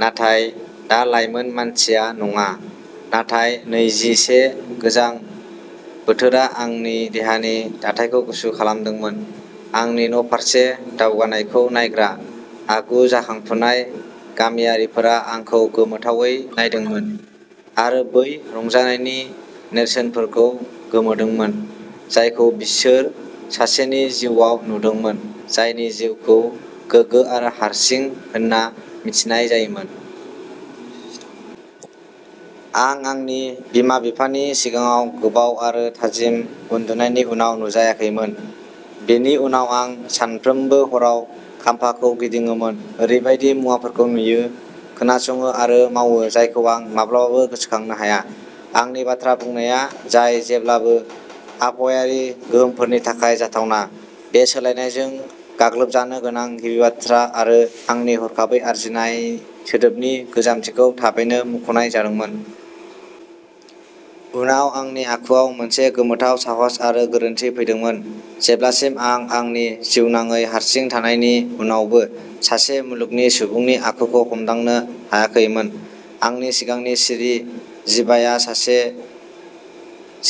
नाथाय, दा लाइमोन मानसिया नङा, नाथाय नैजि से गोजां बोथोरा आंनि देहानि दाथायखौ गुसु खालामदोंमोन। आंनि न'फारसे दावगानायखौ नायग्रा आगु जाखांफुनाय गामियारिफोरा आंखौ गोमोथावै नायदोंमोन आरो बै रंजानायनि नेरसोनफोरखौ गोमोदोंमोन, जायखौ बिसोर सासेनि जिउआव नुदोंमोन, जायनि जिउखौ गोगो आरो हारसिं होनना मिथिनाय जायोमोन। आं आंनि बिमा बिफानि सिगाङाव गोबाव आरो थाजिम उन्दुनायनि उनाव नुजायाखैमोन। बेनि उनाव आं सानफ्रोमबो हराव खाम्फाखौ गिदिङोमोन ओरैबायदि मुवाफोरखौ नुयो, खोनासङो आरो मावो जायखौ आं माब्लाबाबो गोसोखांनो हाया। आंनि बाथ्रा बुंनाया, जाय जेब्लाबो आबहावायारि गोहोमफोरनि थाखाय जाथावना, बे सोलायनायजों गाग्लोबजानो गोनां गिबि बाथ्रा आरो आंनि हरखाबै आरजिनाय सोदोबनि गोजामथिखौ थाबैनो मुंख'नाय जादोंमोन। उनाव आंनि आखुवाव मोनसे गोमोथाव साहस आरो गोरोनथि फैदोंमोन, जेब्लासिम आं आंनि जिउनाङै हारसिं थानायनि उनावबो सासे मुलुगनि सुबुंनि आखुखौ हमदांनो हायाखैमोन। आंनि सिगांनि सिरि जिभाया सासे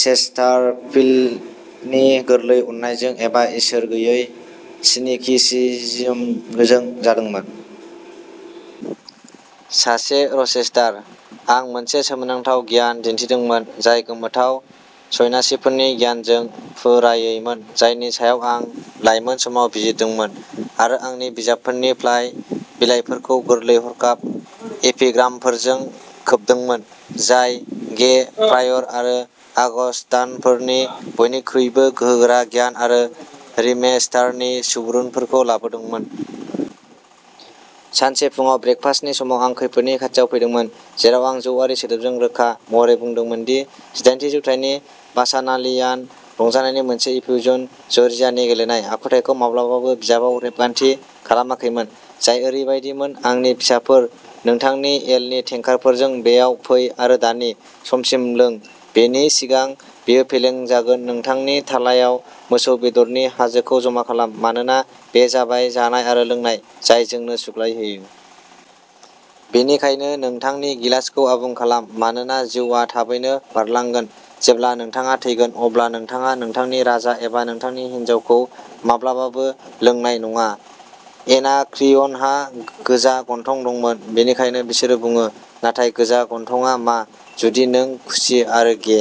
चेस्टारफील्डनि गोरलै अननायजों एबा इसोर गैयै सिनिकिसिजमजों गोजों जादोंमोन। सासे रचेस्टार। आं मोनसे सोमोनांथाव गियान दिन्थिदोंमोन, जाय गोमोथाव, सन्यासिफोरनि गियानजों फुरायैमोन, जायनि सायाव आं लायमोन समाव बिजिरदोंमोन आरो आंनि बिजाबफोरनि फ्लाइ बिलाइफोरखौ गोरलै हरखाब एपिग्रामफोरजों खोबदोंमोन, जाय गे, प्रायर आरो आगस्तानफोरनि बयनिख्रुइबो गोहोगोरा गियान आरो रिमेस्टारनि सुबुरुनफोरखौ लाबोदोंमोन। सानसे फुंआव ब्रेकफास्टनि समाव आं खैफोदनि खाथियाव फैदोंमोन, जेराव आं जौआरि सोदोबजों रोखा महरै बुंदोंमोन दि जिदाइनथि जौथाइनि बाचानालियान रंजानायनि मोनसे इफ्यूजन, जर्जियानि गेलेनाय आखुथाइखौ माब्लाबाबो बिजाबाव रेबगान्थि खालामाखैमोन, जाय ओरैबायदिमोन, आंनि फिसाफोर, नोंथांनि एलनि टेंकार्डफोरजों बेयाव फै आरो दानि समसिम लों, बेनि सिगां बेयो फेलें जागोन नोंथांनि थालायाव मोसौ बेदरनि हाजोखौ जमा खालाम, मानोना बे जाबाय जानाय आरो लोंनाय जाय जोंनो सुग्लाय होयो। बेनिखायनो नोंथांनि गिलासखौ आबुं खालाम, मानोना जिउआ थाबैनो बारलांगोन, जेब्ला नोंथाङा थैगोन, अब्ला नोंथाङा नोंथांनि राजा एबा नोंथांनि हिन्जावखौ माब्लाबाबो लोंनाय नङा। एनाक्रियनहा गोजा गन्थं दंमोन, बेनिखायनो बिसोरो बुङो नाथाय गोजा गन्थंआ मा, जुदि नों खुसि आरो गे?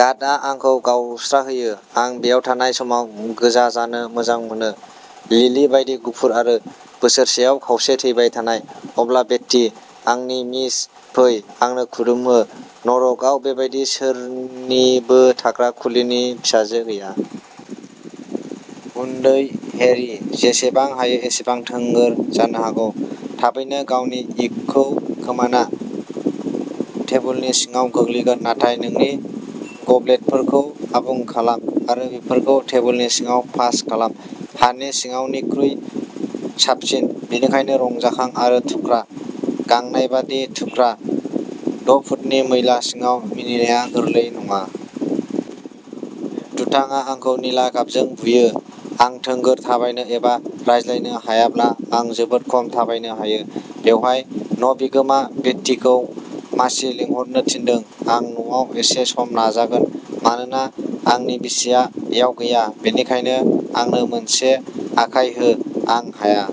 गादआ आंखौ गावस्राहोयो। आं बेयाव थानाय समाव गोजा जानो मोजां मोनो, लिलि बायदि गुफुर आरो बोसोरसेआव खावसे थैबाय थानाय। अब्ला बेट्टी, आंनि मिस, फै आंनो खुदुमहो नरकआव बेबायदि सोरनिबो थाग्रा खुलिनि फिसाजो गैया। उन्दै हेरी, जेसेबां हायो एसेबां थोंगोर जानो हागौ, थाबैनो गावनि विगखौ खोमाना टेबुलनि सिङाव गोग्लैगोन, नाथाय नोंनि गब्लेटफोरखौ आबुं खालाम आरो बेफोरखौ टेबुलनि सिङाव पास खालाम, हानि सिङावनिख्रुइ साबसिन। बेनिखायनो रंजाखां आरो थुख्रा, गांनायबादि थुख्रा द'फुटनि मैला सिङाव मिनिनाया गोरलै नङा। दुथांआ आंखौ निला गाबजों बुयो! आं थोंगोर थाबायनो एबा रायज्लायनो हायाब्ला आं जोबोद खम थाबायनो हायो! बेवहाय, न' बिगोमा, बेट्टीखौ मासि लिंहरनो थिनदों आं न'आव एसे सम नाजागोन, मानोना आंनि बिसिया बैयाव गैया। बेनिखायनो आंनो मोनसे आखाय हो, आं हाया।